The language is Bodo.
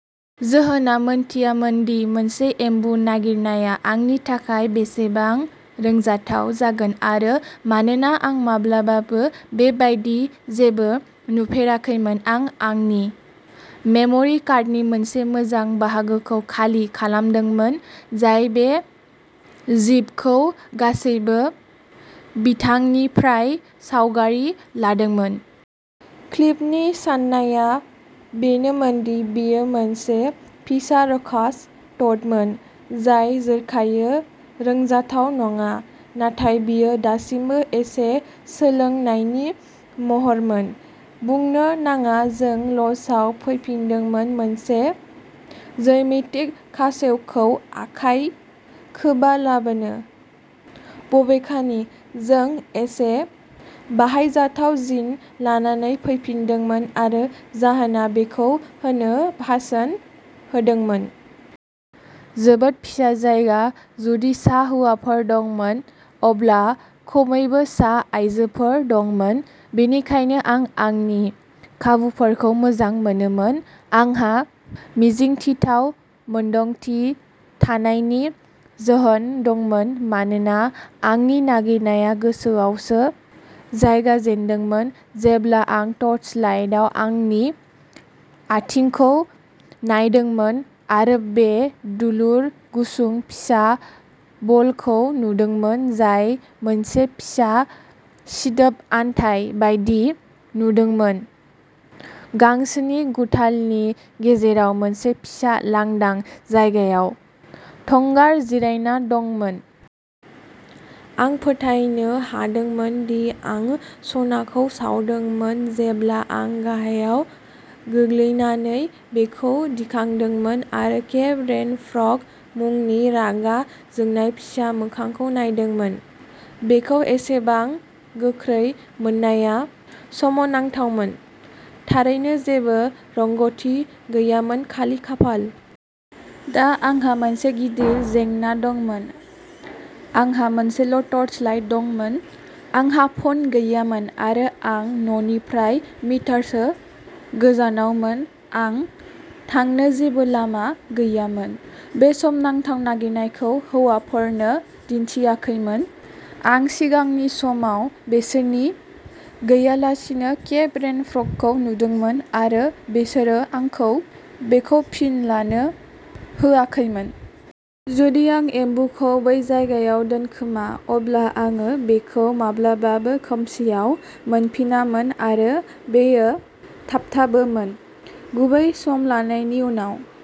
ज'हानआ मिथियामोन दि मासे एम्बु नागिरनाया आंनि थाखाय बेसेबां रंजाथाव जागोन आरो मानोना आं माब्लाबाबो बेबादि जेबो नुफेराखैमोन, आं आंनि मेम'रि कार्डनि मोनसे मोजां बाहागोखौ खालि खालामदोंमोन, जाय बे जिबखौ गासैबो बिथिंनिफ्राय सावगारि लादोंमोन। क्लिफनि साननाया बेनोमोन दि बेयो मोनसे फिसा र'कास ट'डमोन, जाय जर'खायै रंजाथाव नङा, नाथाय बेयो दासिमबो एसे सोलोंनायनि महरमोन। बुंनो नाङा जों ल'जआव फैफिन्दोंमोन मोनसे ज्यामितिक खासेवखौ आखाइ खबालाबानो। बबेखानि, जों एसे बाहायजाथाव जिन लानानै फैफिन्दोंमोन आरो ज'हाना बेखौ होनो बोसोन होदोंमोन। जोबोद फिसा जायगा। जुदि सा हौवाफोर दंमोन, अब्ला खमैबो सा आइजोफोर दंमोन, बेनिखायनो आं आंनि खाबुफोरखौ मोजां मोनोमोन। आंहा मिजिंथिथाव मोन्दांथि थानायनि जाहोन दंमोन मानोना आंनि नागिरनाया गांसोआवसो जागायजेन्दोंमोन जेब्ला आं टार्चलाइटआव आंनि आथिंखौ नायदोंमोन आरो बे दुलुर, गुसुं फिसा बलखौ नुदोंमोन, जाय मोनसे फिसा सिदोब अन्थाइ बायदि नुजादोंमोन, गांसोनि गुथालनि गेजेराव मोनसे फिसा लांदां जायगायाव थोंगोर जिरायना दंमोन। आं फोथायनो हादोंमोन दि आं सनाखौ सौदोंमोन जेब्ला आं गाहायाव गोलैनानै बेखौ दैखांदोंमोन आरो केप रेन फ्रग मुंनि रागा जोंनाय फिसा मोखांखौ नायदोंमोन। बेखौ एसेबां गोख्रै मोननाया सोमोनांथावमोन। थारैनो जेबो रोंग'थि गैयामोन-खालि खाफाल। दा आंहा मोनसे गिदिर जेंना दंमोन। आंहा मोनसेल'टार्च दंमोन, आंहा फन गैयामोन आरो आं न'निफ्राय मिटारसो गोजानावमोन। आं थानो जेबो लामा गैयामोन। बे सोमोनांथाव नागिरनायखौ हौवासाफोरनो दिन्थियाखैमोन। आं सिगांनि समाव बिसोरनि गैयालासेनो केप रेन फ्रगखौ नुदोंमोन आरो बिसोरो आंखौ बेखौ फिन लानो होआखैमोन। जुदि आं एम्बुखौ बै जायगायाव दोनखोमा, अब्ला आं बेखौ माब्लाबाबो खोमसिआव मोनफिनामोन आरो बेयो थाबथाबोमोन, गुबैयै सामलायनायनि उनाव।